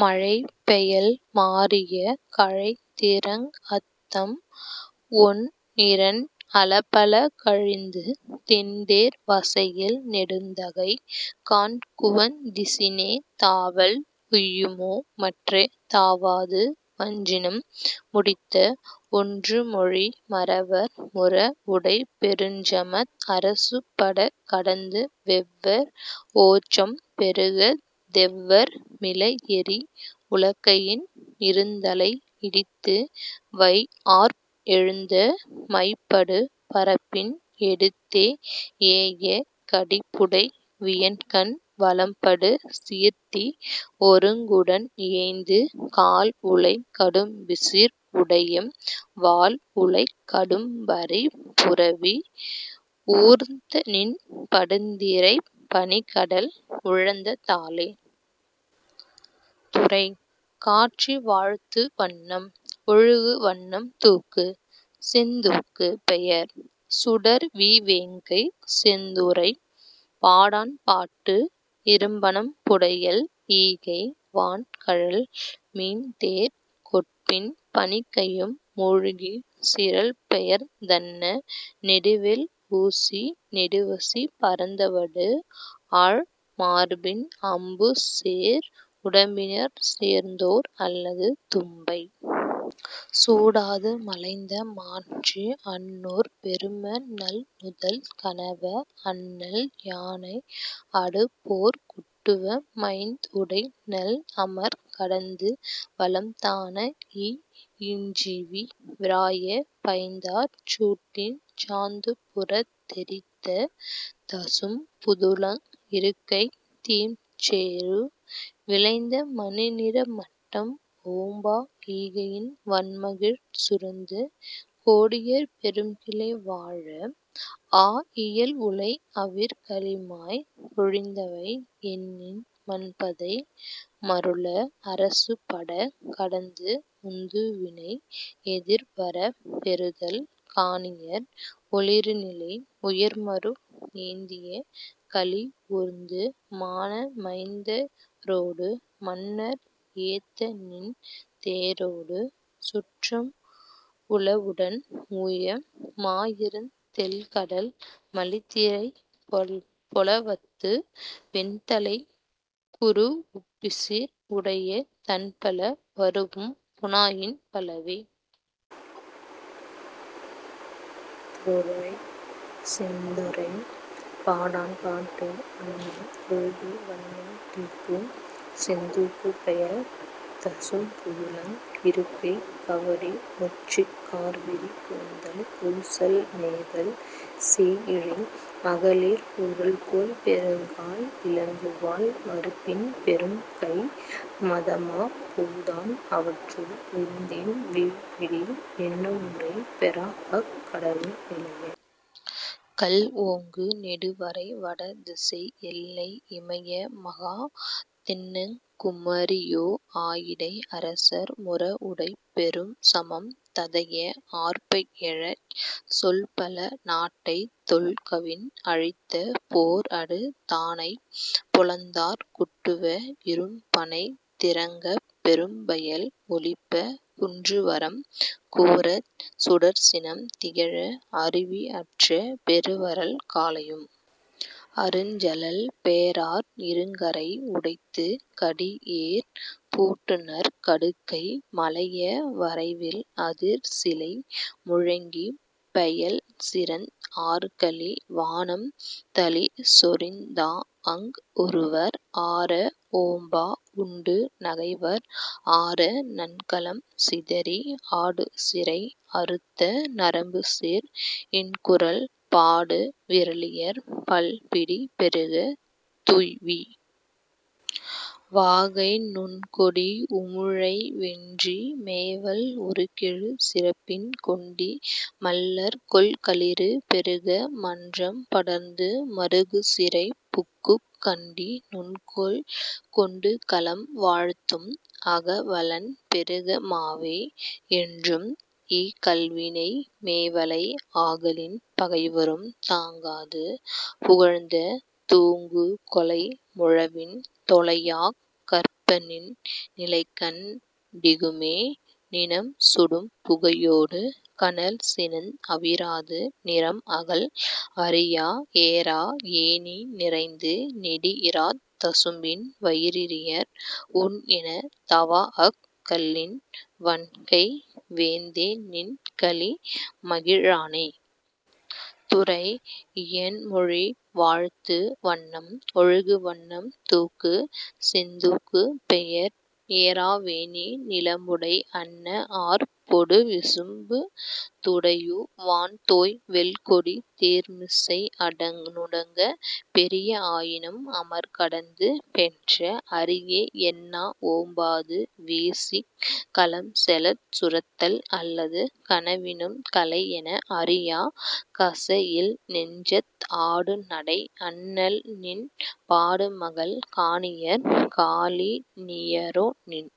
மழைபெயல் மாறிய கழைதிரங் அத்தம் ஒன்இரண் அலபல கழிந்து திண்தேர் வசைஇல் நெடுந்தகை காண்குவந் திசினே தாவல் உய்யுமோ மற்றே தாவாது வஞ்சினம் முடித்த ஒன்றுமொழி மறவர் முரஉடைப் பெருஞ்சமத் அரசுபடக் கடந்து வெவ்வர் ஓச்சம் பெருகத் தெவ்வர் மிளஎறி உலக்கையின் இருந்தலை இடித்து வைஆர்ப் எழுந்த மைபடு பரப்பின் எடுத்தே ஏய கடிப்உடை வியன்கண் வலம்படு சீர்த்தி ஒருங்உடன் இயைந்து கால்உளைக் கடும்பிசிர் உடைய வால்உளைக் கடும்பரிப் புரவி ஊர்ந்தநின் படுந்திரைப் பனிக்கடல் உழந்த தாளே. துறை: காட்சி வாழ்த்து வண்ணம்: ஒழுகு வண்ணம் தூக்கு: செந்தூக்கு பெயர்: சுடர்வீவேங்கை செந்துறைப் பாடாண்பாட்டு இரும்பனம் புடையல் ஈகை வான்கழல் மீன்தேர் கொட்பின் பனிக்கயம் மூழ்கிச் சிரல்பெயர்ந் தன்ன நெடுவெள் ஊசி நெடுவசி பரந்த வடுஆழ் மார்பின் அம்புசேர் உடம்பினர்ச் சேர்ந்தோர் அல்லது தும்பை சூடாது மலைந்த மாட்சி அன்னோர் பெரும நல்நுதல் கணவ அண்ணல் யானை அடுபோர்க் குட்டுவ மைந்உடை நல்அமர்க் கடந்து வலம்தாணஇ இஞ்சிவீ விராய பைந்தார் சூட்டிச் சாந்துபுறத் எறித்த தசும்புதுளங் இருக்கைத் தீம்சேறு விளைந்த மணிநிற மட்டம் ஓம்பா ஈகையின் வண்மகிழ் சுரந்து கோடியர் பெரும்கிளை வாழ ஆஇயல் உளைஅவிர் கலிமாப் பொழிந்தவை எண்ணின் மன்பதை மருள அரசுபடக் கடந்து முந்துவினை எதிர்வரப் பெறுதல் காணியர் ஒளிறுநிலை உயர்மருப் ஏந்திய களிஊர்ந்து மான மைந்தரொடு மன்னர் ஏத்தநின் தேரொடு சுற்றம் உலஉடன் மூய மாஇருந் தெள்கடல் மலிதிரைப் பெளவத்து வெண்தலைக் குரூஉப்பிசிர் உடையத் தண்பல வரூஉம் புணாயின் பலவே. துறை: செந்துறைப் பாடாண்பாட்டு வண்ணம்: ஒழுகு வண்ணம் தூக்கு: செந்தூக்கு பெயர்: தசும்புதுளங் இருக்கை கவரி முச்சிக் கார்விரி கூந்தல் ஊசல் மேவல் சேய்இழை மகளிர் உரல்போல் பெருங்கால் இலங்குவாள் மருப்பின் பெரும்கை மதமாப் புகுதான் அவற்றுள் விருந்தின் வீழ்பிடி எண்ணுமுறை பெறாஅக் கடவுள் நிலைய கல்ஓங்கு நெடுவரை வடதிசை எல்லை இமய மாகத் தென்னங் குமரியொ ஆயிடை அரசர் முரஉடைப் பெரும்சமம் ததைய ஆர்ப்எழச் சொல்பல நாட்டைத் தொல்கவின் அழித்த போர்அடு தானைப் பொலந்தார்க் குட்டுவ இரும்பணை திரங்கப் பெரும்பயல் ஒளிப்பக் குன்றுவறம் கூரச் சுடர்சினம் திகழ அருவிஅற்ற பெருவறல் காலையும் அருஞ்செலல் பேராற் இருங்கரை உடைத்துக் கடிஏர் பூட்டுநர் கடுக்கை மலைய வரைவில் அதிர்சிலை முழங்கிப் பெயல்சிறந் ஆர்கலி வானம் தளிசொரிந் தாஅங் உறுவர் ஆர ஓம்பா உண்டு நகைவர் ஆர நன்கலம் சிதறி ஆடுசிறை அறுத்த நரம்புசேர் இன்குரல் பாடு விறலியர் பல்பிடி பெறுக துய்வீ வாகை நுண்கொடி உழிஞை வென்றி மேவல் உருகெழு சிறப்பின் கொண்டி மள்ளர் கொல்களிறு பெறுக மன்றம் படர்ந்து மறுகுசிறைப் புக்குக் கண்டி நுண்கோல் கொண்டுகளம் வாழ்த்தும் அகவலன் பெறுக மாவே என்றும் இகல்வினை மேவலை ஆகலின் பகைவரும் தாங்காது புகழ்ந்த தூங்குகொளை முழவின் தொலையாக் கற்பநின் நிலைகண் டிகுமே நிணம்சுடு புகையொடு கனல்சினந் அவிராது நிரம்அகல் அறியா ஏறா ஏணி நிறைந்து நெடிஇராத் தசும்பின் வயிரியர் உண்எனத் தவாஅக் கள்ளின் வண்கை வேந்தேநின் கலிமகி ழானே. துறை: இயன்மொழிவாழ்த்து வண்ணம்: ஒழுகு வண்ணம் தூக்கு: செந்தூக்கு பெயர்: ஏறாவேணி நிலம்புடைப் அன்னஆர்ப் பொடுவிசும்பு துடையூ வான்தோய் வெல்கொடி தேர்மிசை நுடங்கப் பெரிய ஆயினும் அமர்கடந்து பெற்ற அரிய என்னா ஓம்பாது வீசிக் கலம்செலச் சுரத்தல் அல்லது கனவினும் களைஎன அறியாக் கசஇல் நெஞ்சத் ஆடுநடை அண்ணல்நின் பாடுமகள் காணியர் காணி லியரோநின்